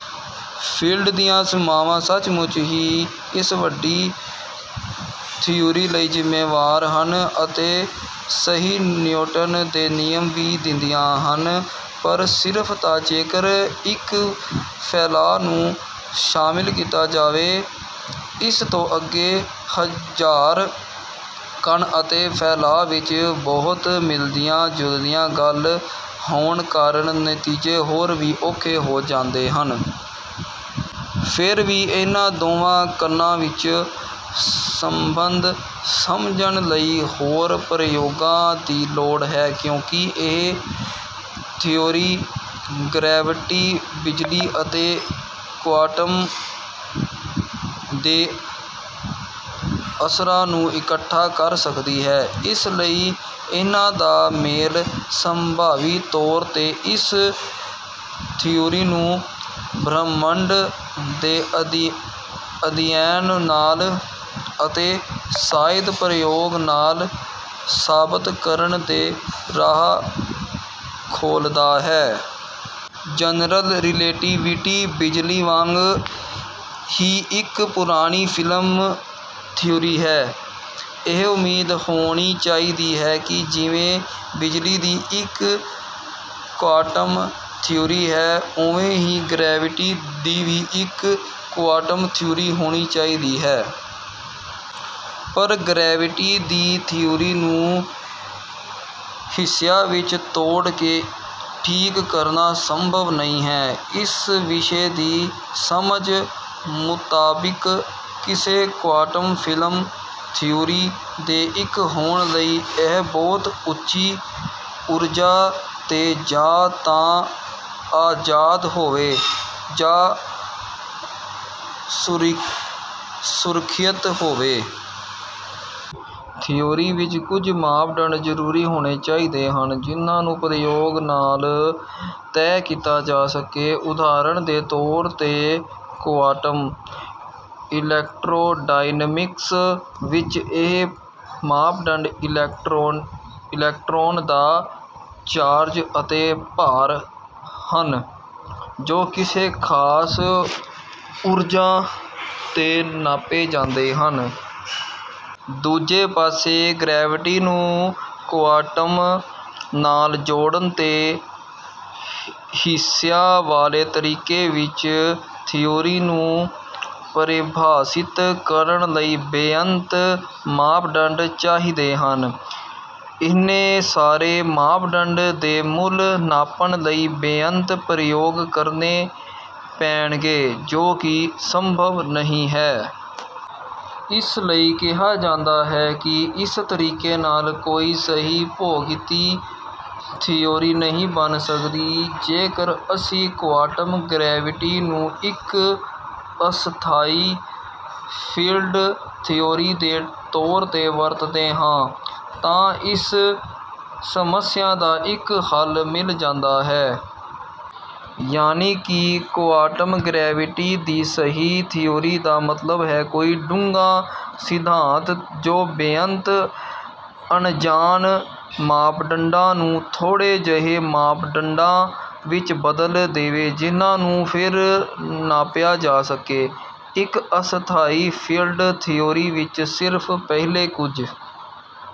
Field ਦੀਆਂ ਸੀਮਾਵਾਂ ਸੱਚਮੁੱਚ ਹੀ ਇਸ ਵੱਡੀ ਥਿਊਰੀ ਲਈ ਜਿੰਮੇਵਾਰ ਹਨ ਅਤੇ ਸਹੀ ਨਿਊਟਨ ਦੇ ਨਿਯਮ ਵੀ ਦਿੰਦੀਆਂ ਹਨ ਪਰ ਸਿਰਫ ਤਾਂ ਜੇਕਰ ਇੱਕ ਫੈਲਾਅ ਨੂੰ ਸ਼ਾਮਿਲ ਕੀਤਾ ਜਾਵੇ। ਇਸ ਤੋਂ ਅੱਗੇ ਹਿਗਜ਼ ਕਣ ਅਤੇ ਫੈਲਾਅ ਵਿੱਚ ਬਹੁਤ ਮਿਲਦੀ ਜੁਲਦੀ ਗੱਲ ਹੋਣ ਕਾਰਨ ਨਤੀਜੇ ਹੋਰ ਵੀ ਔਖੇ ਹੋ ਜਾਂਦੇ ਹਨ। ਫਿਰ ਵੀ ਇਨ੍ਹਾਂ ਦੋਵਾਂ ਕਣਾਂ ਵਿੱਚ ਸਬੰਧ ਸਮਝਣ ਲਈ ਹੋਰ ਪ੍ਰਯੋਗਾਂ ਦੀ ਲੋੜ ਹੈ। ਕਿਉਂਕਿ ਇਹ ਥਿਊਰੀ ਗਰੈਵਿਟੀ ਬਿਜਲੀ ਅਤੇ ਕੁਆਂਟਮ ਦੇ ਅਸਰਾਂ ਨੂੰ ਇਕੱਠਾ ਕਰ ਸਕਦੀ ਹੈ ਇਸ ਲਈ ਇਹਨਾਂ ਦਾ ਮੇਲ ਸੰਭਾਵੀ ਤੌਰ ਤੇ ਇਸ ਥਿਊਰੀ ਨੂੰ ਬ੍ਰਹਿਮੰਡ ਦੇ ਅਧਿਐਨ ਨਾਲ ਅਤੇ ਸ਼ਾਇਦ ਪ੍ਰਯੋਗਾਂ ਨਾਲ ਸਾਬਤ ਕਰਨ ਦੇ ਰਾਹ ਖੋਲ੍ਹਦਾ ਹੈ। ਜਨਰਲ ਰਿਲੇਟੀਵਿਟੀ ਬਿਜਲੀ ਵਾਂਗ ਹੀ ਇੱਕ ਪੁਰਾਣੀ ਫੀਲਡ ਥਿਊਰੀ ਹੈ। ਇਹ ਉਮੀਦ ਹੋਣੀ ਚਾਹੀਦੀ ਹੈ ਕਿ ਜਿਵੇਂ ਬਿਜਲੀ ਦੀ ਇੱਕ ਕੁਆਂਟਮ ਥਿਊਰੀ ਹੈ ਉਵੇਂ ਹੀ ਗਰੈਵਿਟੀ ਦੀ ਵੀ ਇੱਕ ਕੁਆਂਟਮ ਥਿਊਰੀ ਹੋਣੀ ਚਾਹੀਦੀ ਹੈ। ਪਰ ਗਰੈਵਿਟੀ ਦੀ ਥਿਊਰੀ ਨੂੰ ਹਿੱਸਿਆਂ ਵਿੱਚ ਤੋੜ ਕੇ ਠੀਕ ਕਰਨਾ ਸੰਭਵ ਨਹੀਂ ਹੈ। ਇਸ ਵਿਸ਼ੇ ਦੀ ਸਮਝ ਮੁਤਾਬਿਕ ਕਿਸੇ ਕੁਆਂਟਮ ਫੀਲਡ ਥਿਊਰੀ ਦੇ ਠੀਕ ਹੋਣ ਲਈ ਇਹ ਬਹੁਤ ਉੱਚੀ ਊਰਜਾ ਤੇ ਜਾਂ ਤਾਂ ਆਜ਼ਾਦ ਹੋਵੇ ਜਾਂ ਸੁਰੱਖਿਅਤ ਹੋਵੇ। ਥਿਊਰੀ ਵਿੱਚ ਕੁੱਝ ਮਾਪਦੰਡ ਜ਼ਰੂਰ ਹੋਣੇ ਚਾਹੀਦੇ ਹਨ ਜਿਨ੍ਹਾਂ ਨੂੰ ਪ੍ਰਯੋਗਾਂ ਨਾਲ ਤੈਅ ਕੀਤਾ ਜਾ ਸਕੇ। ਉਦਾਹਰਨ ਦੇ ਤੌਰ ਤੇ ਕੁਆਂਟਮ ਇਲੈਕਟ੍ਰੋਡਾਇਨਾਮਿਕਸ ਵਿੱਚ ਇਹ ਮਾਪਦੰਡ ਇਲੈਕਟ੍ਰੌਨ ਦਾ ਚਾਰਜ ਅਤੇ ਭਾਰ ਹਨ ਜੋ ਕਿਸੇ ਖਾਸ ਊਰਜਾ ਤੇ ਨਾਪੇ ਜਾਂਦੇ ਹਨ। ਦੂਜੇ ਪਾਸੇ ਗਰੈਵਿਟੀ ਨੂੰ ਕੁਆਂਟਮ ਨਾਲ ਜੋੜਨ ਤੇ ਹਿੱਸਿਆਂ ਵਾਲੇ ਤਰੀਕੇ ਵਿੱਚ ਥਿਊਰੀ ਨੂੰ ਪਰਿਭਾਸ਼ਿਤ ਕਰਨ ਲਈ ਬੇਅੰਤ ਮਾਪਦੰਡ ਚਾਹੀਦੇ ਹਨ। ਇੰਨੇ ਸਾਰੇ ਮਾਪਦੰਡਾਂ ਦੇ ਮੁੱਲ ਨਾਪਣ ਲਈ ਬੇਅੰਤ ਪ੍ਰਯੋਗ ਕਰਨੇ ਪੈਣਗੇ ਜੋ ਕਿ ਸੰਭਵ ਨਹੀਂ ਹੈ। ਇਸ ਲਈ ਕਿਹਾ ਜਾਂਦਾ ਹੈ ਕਿ ਇਸ ਤਰੀਕੇ ਨਾਲ ਕੋਈ ਸਹੀ ਭੌਤਿਕੀ ਥਿਊਰੀ ਨਹੀਂ ਬਣ ਸਕਦੀ। ਜੇਕਰ ਅਸੀਂ ਕੁਆਂਟਮ ਗਰੈਵਿਟੀ ਨੂੰ ਇੱਕ ਅਸਥਾਈ ਫੀਲਡ ਥਿਊਰੀ ਦੇ ਤੌਰ ਤੇ ਵਰਤਦੇ ਹਾਂ ਤਾਂ ਇਸ ਸਮੱਸਿਆ ਦਾ ਇੱਕ ਹੱਲ ਮਿਲ ਜਾਂਦਾ ਹੈ। ਯਾਨਿ ਕਿ ਕੁਆਂਟਮ ਗਰੈਵਿਟੀ ਦੀ ਸਹੀ ਥਿਊਰੀ ਦਾ ਮਤਲਬ ਹੈ ਕੋਈ ਡੂੰਘਾ ਸਿਧਾਂਤ ਜੋ ਬੇਅੰਤ ਅਣਜਾਣ ਮਾਪਦੰਡਾਂ ਨੂੰ ਥੋੜ੍ਹੇ ਜਿਹੇ ਮਾਪਦੰਡਾਂ ਵਿੱਚ ਬਦਲ ਦੇਵੇ ਜਿਨ੍ਹਾਂ ਨੂੰ ਫਿਰ ਨਾਪਿਆ ਜਾ ਸਕੇ। ਇੱਕ ਅਸਥਾਈ ਫੀਲਡ ਥਿਊਰੀ ਵਿੱਚ ਸਿਰਫ ਪਹਿਲੇ ਕੁੱਝ